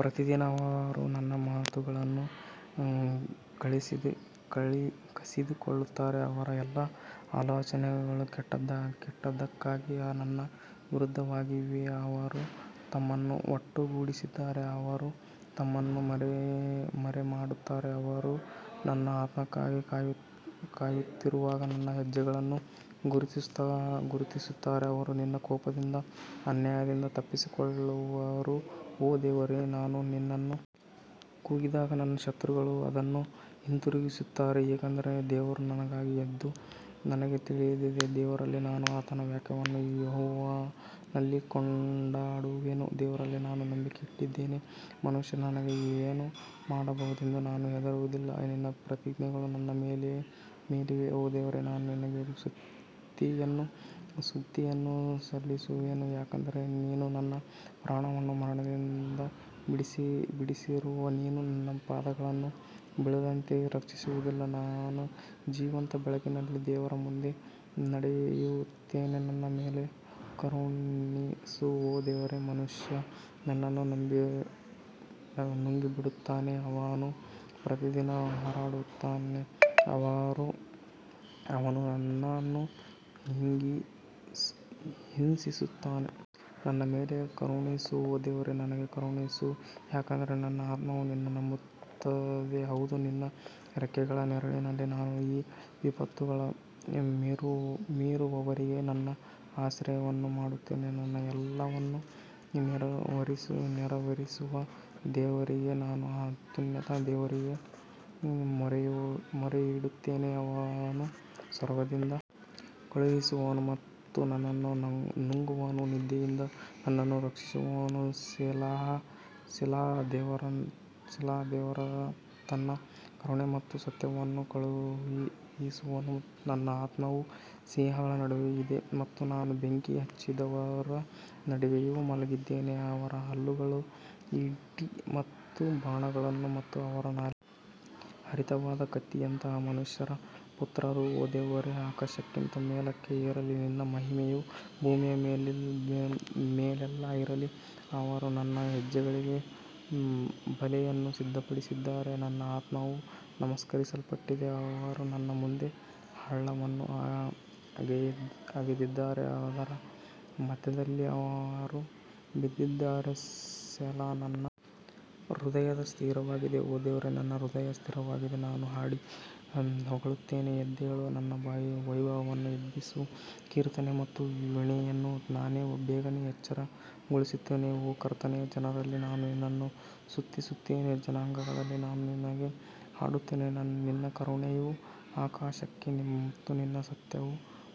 ಪ್ರತಿದಿನ ಅವರು ನನ್ನ ಮಾತುಗಳನ್ನು ಕಸಿದುಕೊಳ್ಳುತ್ತಾರೆ, ಅವರ ಎಲ್ಲಾ ಆಲೋಚನೆಗಳು ಕೆಟ್ಟದ್ದಕ್ಕಾಗಿ ನನ್ನ ವಿರುದ್ಧವಾಗಿವೆ ಅವರು ತಮ್ಮನ್ನು ಒಟ್ಟುಗೂಡಿಸುತ್ತಾರೆ ಅವರು ತಮ್ಮನ್ನು ಮರೆಮಾಡುತ್ತಾರೆ ಅವರು ನನ್ನ ಆತ್ಮಕ್ಕಾಗಿ ಕಾಯುತ್ತಿರುವಾಗ ನನ್ನ ಹೆಜ್ಜೆಗಳನ್ನು ಗುರುತಿಸುತ್ತಾರೆ ಅವರು ನಿನ್ನ ಕೋಪದಿಂದ ಅನ್ಯಾಯದಿಂದ ತಪ್ಪಿಸಿಕೊಳ್ಳುವರೋ ಓ ದೇವರೇ ನಾನು ನಿನ್ನನ್ನು ಕೂಗಿದಾಗ ನನ್ನ ಶತ್ರುಗಳು ಅದನ್ನು ಹಿಂತಿರುಗಿಸುತ್ತಾರೆ ಏಕೆಂದರೆ ದೇವರು ನನಗಾಗಿ ಎಂದು ನನಗೆ ತಿಳಿದಿದೆ ದೇವರಲ್ಲಿ ನಾನು ಆತನ ವಾಕ್ಯವನ್ನು ಯೆಹೋವನಲ್ಲಿ ಕೊಂಡಾಡುವೆನು ದೇವರಲ್ಲಿ ನಾನು ನಂಬಿಕೆ ಇಟ್ಟಿದ್ದೇನೆ, ಮನುಷ್ಯ ನನಗೆ ಏನು ಮಾಡಬಹುದೆಂದು ನಾನು ಹೆದರುವುದಿಲ್ಲ ನಿನ್ನ ಪ್ರತಿಜ್ಞೆಗಳು ನನ್ನ ಮೇಲಿವೆ ಓ ದೇವರೇ ನಾನು ನಿನಗೆ ಸ್ತುತಿಯನ್ನು ಸಲ್ಲಿಸುವೆನು ಯಾಕಂದರೆ ನೀನು ನನ್ನ ಪ್ರಾಣವನ್ನು ಮರಣದಿಂದ ಬಿಡಿಸಿರುವೆ ನೀನು ನನ್ನ ಪಾದಗಳನ್ನು ಬೀಳದಂತೆ ರಕ್ಷಿಸುವುದಿಲ್ಲ ನಾನು ಜೀವಂತ ಬೆಳಕಿನಲ್ಲಿ ದೇವರ ಮುಂದೆ ನಡೆಯುತ್ತೇನೆ ನನ್ನ ಮೇಲೆ ಕರುಣಿಸು ಓ ದೇವರೇ ಮನುಷ್ಯ ನನ್ನನ್ನು ನುಂಗಿಬಿಡುತ್ತಾನೆ, ಅವನು ಪ್ರತಿದಿನ ಹೋರಾಡುತ್ತಾನೆ, ಅವನು ನನ್ನನ್ನು ಹಿಂಸಿಸುತ್ತಾನೆ. ನನ್ನ ಮೇಲೆ ಕರುಣಿಸು ಓ ದೇವರೇ ನನಗೆ ಕರುಣಿಸು ಯಾಕಂದರೆ ನನ್ನ ಆತ್ಮವು ನಿನ್ನನ್ನು ನಂಬುತ್ತದೆ ಹೌದು ನಿನ್ನ ರೆಕ್ಕೆಗಳ ನೆರಳಿನಲ್ಲಿ ನಾನು ಈ ವಿಪತ್ತುಗಳು ಮೀರುವವರೆಗೆ ನನ್ನ ಆಶ್ರಯವನ್ನು ಮಾಡುತ್ತೇನೆ ನನಗೆ ಎಲ್ಲವನ್ನು ನೆರವೇರಿಸುವ ದೇವರಿಗೆ ನಾನು ಅತ್ಯುನ್ನತ ದೇವರಿಗೆ ಮೊರೆಯಿಡುತ್ತೇನೆ ಅವನು ಸ್ವರ್ಗದಿಂದ ಕಳುಹಿಸುವನು ಮತ್ತು ನನ್ನನ್ನು ನುಂಗುವವನ ನಿಂದೆಯಿಂದ ನನ್ನನ್ನು ರಕ್ಷಿಸುವನು ಸೆಲಾಹ್ ದೇವರು ತನ್ನ ಕರುಣೆ ಮತ್ತು ಸತ್ಯವನ್ನು ಕಳುಹಿಸುವನು ನನ್ನ ಆತ್ಮವು ಸಿಂಹಗಳ ನಡುವೆ ಇದೆ ಮತ್ತು ನಾನು ಬೆಂಕಿ ಹಚ್ಚಿದವರ ನಡುವೆಯೂ ಮಲಗಿದ್ದೇನೆ, ಅವರ ಹಲ್ಲುಗಳು ಈಟಿ ಮತ್ತು ಬಾಣಗಳು ಮತ್ತು ಅವರ ನಾಲಿಗೆ ಹರಿತವಾದ ಕತ್ತಿಯಂತಹ ಮನುಷ್ಯರ ಪುತ್ರರು ಓ ದೇವರೇ ಆಕಾಶಕ್ಕಿಂತ ಮೇಲಕ್ಕೆ ಏರಲಿ ನಿನ್ನ ಮಹಿಮೆಯು ಭೂಮಿಯ ಮೇಲೆಲ್ಲ ಇರಲಿ ಅವರು ನನ್ನ ಹೆಜ್ಜೆಗಳಿಗೆ ಬಲೆಯನ್ನು ಸಿದ್ಧಪಡಿಸಿದ್ದಾರೆ, ನನ್ನ ಆತ್ಮವು ನಮಸ್ಕರಿಸಲ್ಪಟ್ಟಿದೆ ಅವರು ನನ್ನ ಮುಂದೆ ಹಳ್ಳವನ್ನು ಅಗೆದಿದ್ದಾರೆ, ಅದರ ಮಧ್ಯದಲ್ಲಿ ಅವರು ಬಿದ್ದಿದ್ದಾರೆ ಸೆಲಾ ನನ್ನ ಹೃದಯ ಸ್ಥಿರವಾಗಿದೆ ಓ ದೇವರೇ ನನ್ನ ಹೃದಯ ಸ್ಥಿರವಾಗಿದೆ ನಾನು ಹಾಡಿ ಹೊಗಳುತ್ತೇನೆ ಎದ್ದೇಳು ನನ್ನ ವೈಭವವನ್ನು ಎಬ್ಬಿಸು ಕೀರ್ತನೆ ಮತ್ತು ವೀಣೆಯನ್ನು ನಾನೇ ಬೇಗನೆ ಎಚ್ಚರಗೊಳಿಸುತ್ತೇನೆ ಓ ಕರ್ತನೇ, ಜನರಲ್ಲಿ ನಾನು ನಿನ್ನನ್ನು ಸ್ತುತಿಸುತ್ತೇನೆ, ಜನಾಂಗಗಳಲ್ಲಿ ನಾನು ನಿನಗೆ ಹಾಡುತ್ತೇನೆ ನಿನ್ನ ಕರುಣೆಯು ಆಕಾಶಕ್ಕೆ ಮತ್ತು ನಿನ್ನ ಸತ್ಯವು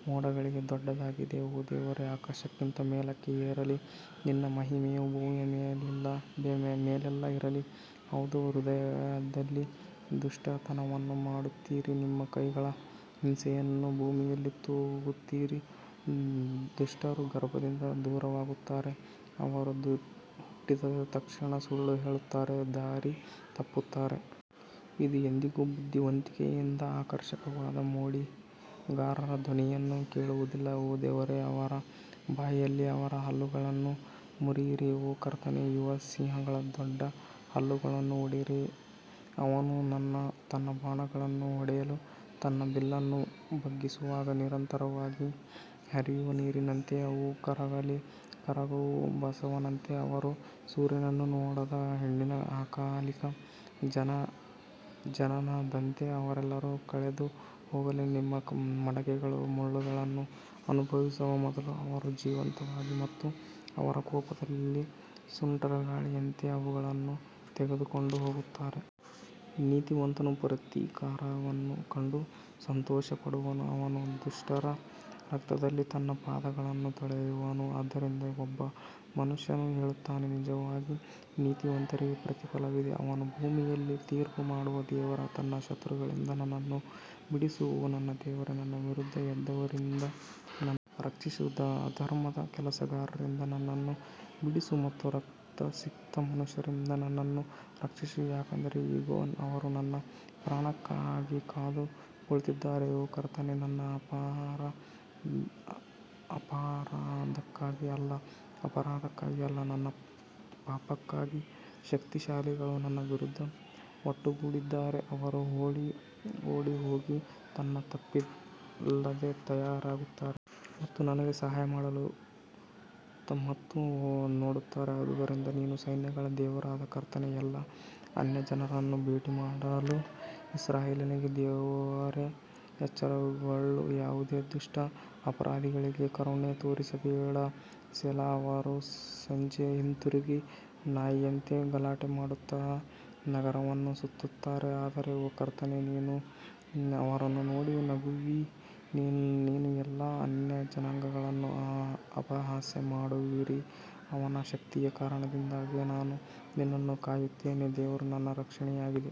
ಮೋಡಗಳಿಗೆ ದೊಡ್ಡದಾಗಿದೆ ಓ ದೇವರೇ ಆಕಾಶಕ್ಕಿಂತ ಮೇಲಕ್ಕೆ ಏರಲಿ ನಿನ್ನ ಮಹಿಮೆಯು ಭೂಮಿಯ ಮೇಲೆಲ್ಲ ಇರಲಿ ಹೌದು ಹೃದಯದಲ್ಲಿ ದುಷ್ಟತನವನ್ನು ಮಾಡುತ್ತೀರಿ ನಿಮ್ಮ ಕೈಗಳ ಹಿಂಸೆಯನ್ನು ಭೂಮಿಯಲ್ಲಿ ತೂಗುತ್ತೀರಿ ದುಷ್ಟರು ಗರ್ಭದಿಂದ ದೂರವಾಗುತ್ತಾರೆ, ಅವರು ಹುಟ್ಟಿದ ತಕ್ಷಣ ಸುಳ್ಳು ಹೇಳುತ್ತಾ ದಾರಿ ತಪ್ಪುತ್ತಾರೆ. ಇದು ಎಂದಿಗೂ ಬುದ್ಧಿವಂತಿಕೆಯಿಂದ ಆಕರ್ಷಕವಾದ ಮೋಡಿಗಾರರ ಧ್ವನಿಯನ್ನು ಕೇಳುವುದಿಲ್ಲ ಓ ದೇವರೇ ಅವರ ಬಾಯಿಯಲ್ಲಿ ಅವರ ಹಲ್ಲುಗಳನ್ನು ಮುರಿಯಿರಿ ಓ ಕರ್ತನೇ ಯುವ ಸಿಂಹಗಳ ದೊಡ್ಡ ಹಲ್ಲುಗಳನ್ನು ಒಡೆಯಿರಿ ಅವನು ತನ್ನ ಬಾಣಗಳನ್ನು ಹೊಡೆಯಲು ತನ್ನ ಬಿಲ್ಲನ್ನು ಬಗ್ಗಿಸುವಾಗ ನಿರಂತರವಾಗಿ ಹರಿಯುವ ನೀರಿನಂತೆ ಅವು ಕರಗಲಿ ಕರಗುವ ಬಸವನಂತೆ, ಅವರು ಸೂರ್ಯನನ್ನು ನೋಡದ ಹೆಣ್ಣಿನ ಅಕಾಲಿಕ ಜನನದಂತೆ ಅವರೆಲ್ಲರೂ ಕಳೆದು ಹೋಗಲಿ ನಿಮ್ಮ ಮಡಕೆಗಳು ಮುಳ್ಳುಗಳನ್ನು ಅನುಭವಿಸುವ ಮೊದಲು ಅವರು ಜೀವಂತವಾಗಿ ಮತ್ತು ಅವರ ಕೋಪದಲ್ಲಿ ಸುಂಟರಗಾಳಿಯಂತೆ ಅವುಗಳನ್ನು ತೆಗೆದುಕೊಂಡು ಹೋಗುತ್ತಾರೆ. ನೀತಿವಂತನು ಪ್ರತೀಕಾರವನ್ನು ಕಂಡು ಸಂತೋಷಪಡುವನು, ಅವನು ದುಷ್ಟರ ರಕ್ತದಲ್ಲಿ ತನ್ನ ಪಾದಗಳನ್ನು ತೊಳೆಯುವನು ಆದ್ದರಿಂದ ಒಬ್ಬ ಮನುಷ್ಯನು ಹೇಳುತ್ತಾನೆ, ನಿಜವಾಗಿ ನೀತಿವಂತರಿಗೆ ಪ್ರತಿಫಲವಿದೆ, ಅವನು ಭೂಮಿಯಲ್ಲಿ ತೀರ್ಪು ಮಾಡುವ ದೇವರು ನನ್ನ ಶತ್ರುಗಳಿಂದ ನನ್ನನ್ನು ಬಿಡಿಸು ಓ ನನ್ನ ದೇವರೇ ನನ್ನ ವಿರುದ್ಧ ಎದ್ದವರಿಂದ ನನ್ನನ್ನು ರಕ್ಷಿಸು ಅಧರ್ಮದ ಕೆಲಸಗಾರರಿಂದ ನನ್ನನ್ನು ಬಿಡಿಸು ಮತ್ತು ರಕ್ತಸಿಕ್ತ ಮನುಷ್ಯರಿಂದ ನನ್ನನ್ನು ರಕ್ಷಿಸು ಯಾಕಂದರೆ ಇಗೋ ಅವರು ನನ್ನ ಪ್ರಾಣಕ್ಕಾಗಿ ಕಾದು ಕುಳಿತಿದ್ದಾರೆ ಓ ಕರ್ತನೇ ನನ್ನ ಅಪರಾಧಕ್ಕಾಗಿ ಅಲ್ಲ, ನನ್ನ ಪಾಪಕ್ಕಾಗಿ ಶಕ್ತಿಶಾಲಿಗಳು ನನ್ನ ವಿರುದ್ಧ ಒಟ್ಟುಗೂಡಿದ್ದಾರೆ ಅವರು ಓಡಿಹೋಗಿ ನನ್ನ ತಪ್ಪಿಲ್ಲದೆ ತಯಾರಾಗುತ್ತಾರೆ ಮತ್ತು ನನಗೆ ಸಹಾಯ ಮಾಡಲು ಮತ್ತು ನೋಡುತ್ತಾರೆ ಆದುದರಿಂದ ನೀನು ಸೈನ್ಯಗಳ ದೇವರಾದ ಕರ್ತನೇ, ಎಲ್ಲಾ ಅನ್ಯಜನರನ್ನು ಭೇಟಿಮಾಡಲು ಇಸ್ರಾಯೇಲಿನ ದೇವರೇ ಎಚ್ಚರಗೊಳ್ಳು, ಯಾವುದೇ ದುಷ್ಟ ಅಪರಾಧಿಗಳಿಗೆ ಕರುಣೆ ತೋರಿಸಬೇಡ ಸೆಲಾ ಅವರು ಸಂಜೆ ಹಿಂತಿರುಗಿ ನಾಯಿಯಂತೆ ಗಲಾಟೆ ಮಾಡುತ್ತಾ ನಗರವನ್ನು ಸುತ್ತುತ್ತಾರೆ ಆದರೆ ಓ ಕರ್ತನೇ, ನೀನು ಅವರನ್ನು ನೋಡಿ ನಗುವಿ, ನೀನು ಎಲ್ಲಾ ಅನ್ಯಜನಾಂಗಗಳನ್ನು ಅಪಹಾಸ್ಯ ಮಾಡುವಿರಿ ಅವನ ಶಕ್ತಿಯ ಕಾರಣದಿಂದಾಗಿ ನಾನು ನಿನ್ನನ್ನು ಕಾಯುತ್ತೇನೆ, ದೇವರು ನನ್ನ ರಕ್ಷಣೆಯಾಗಿದೆ.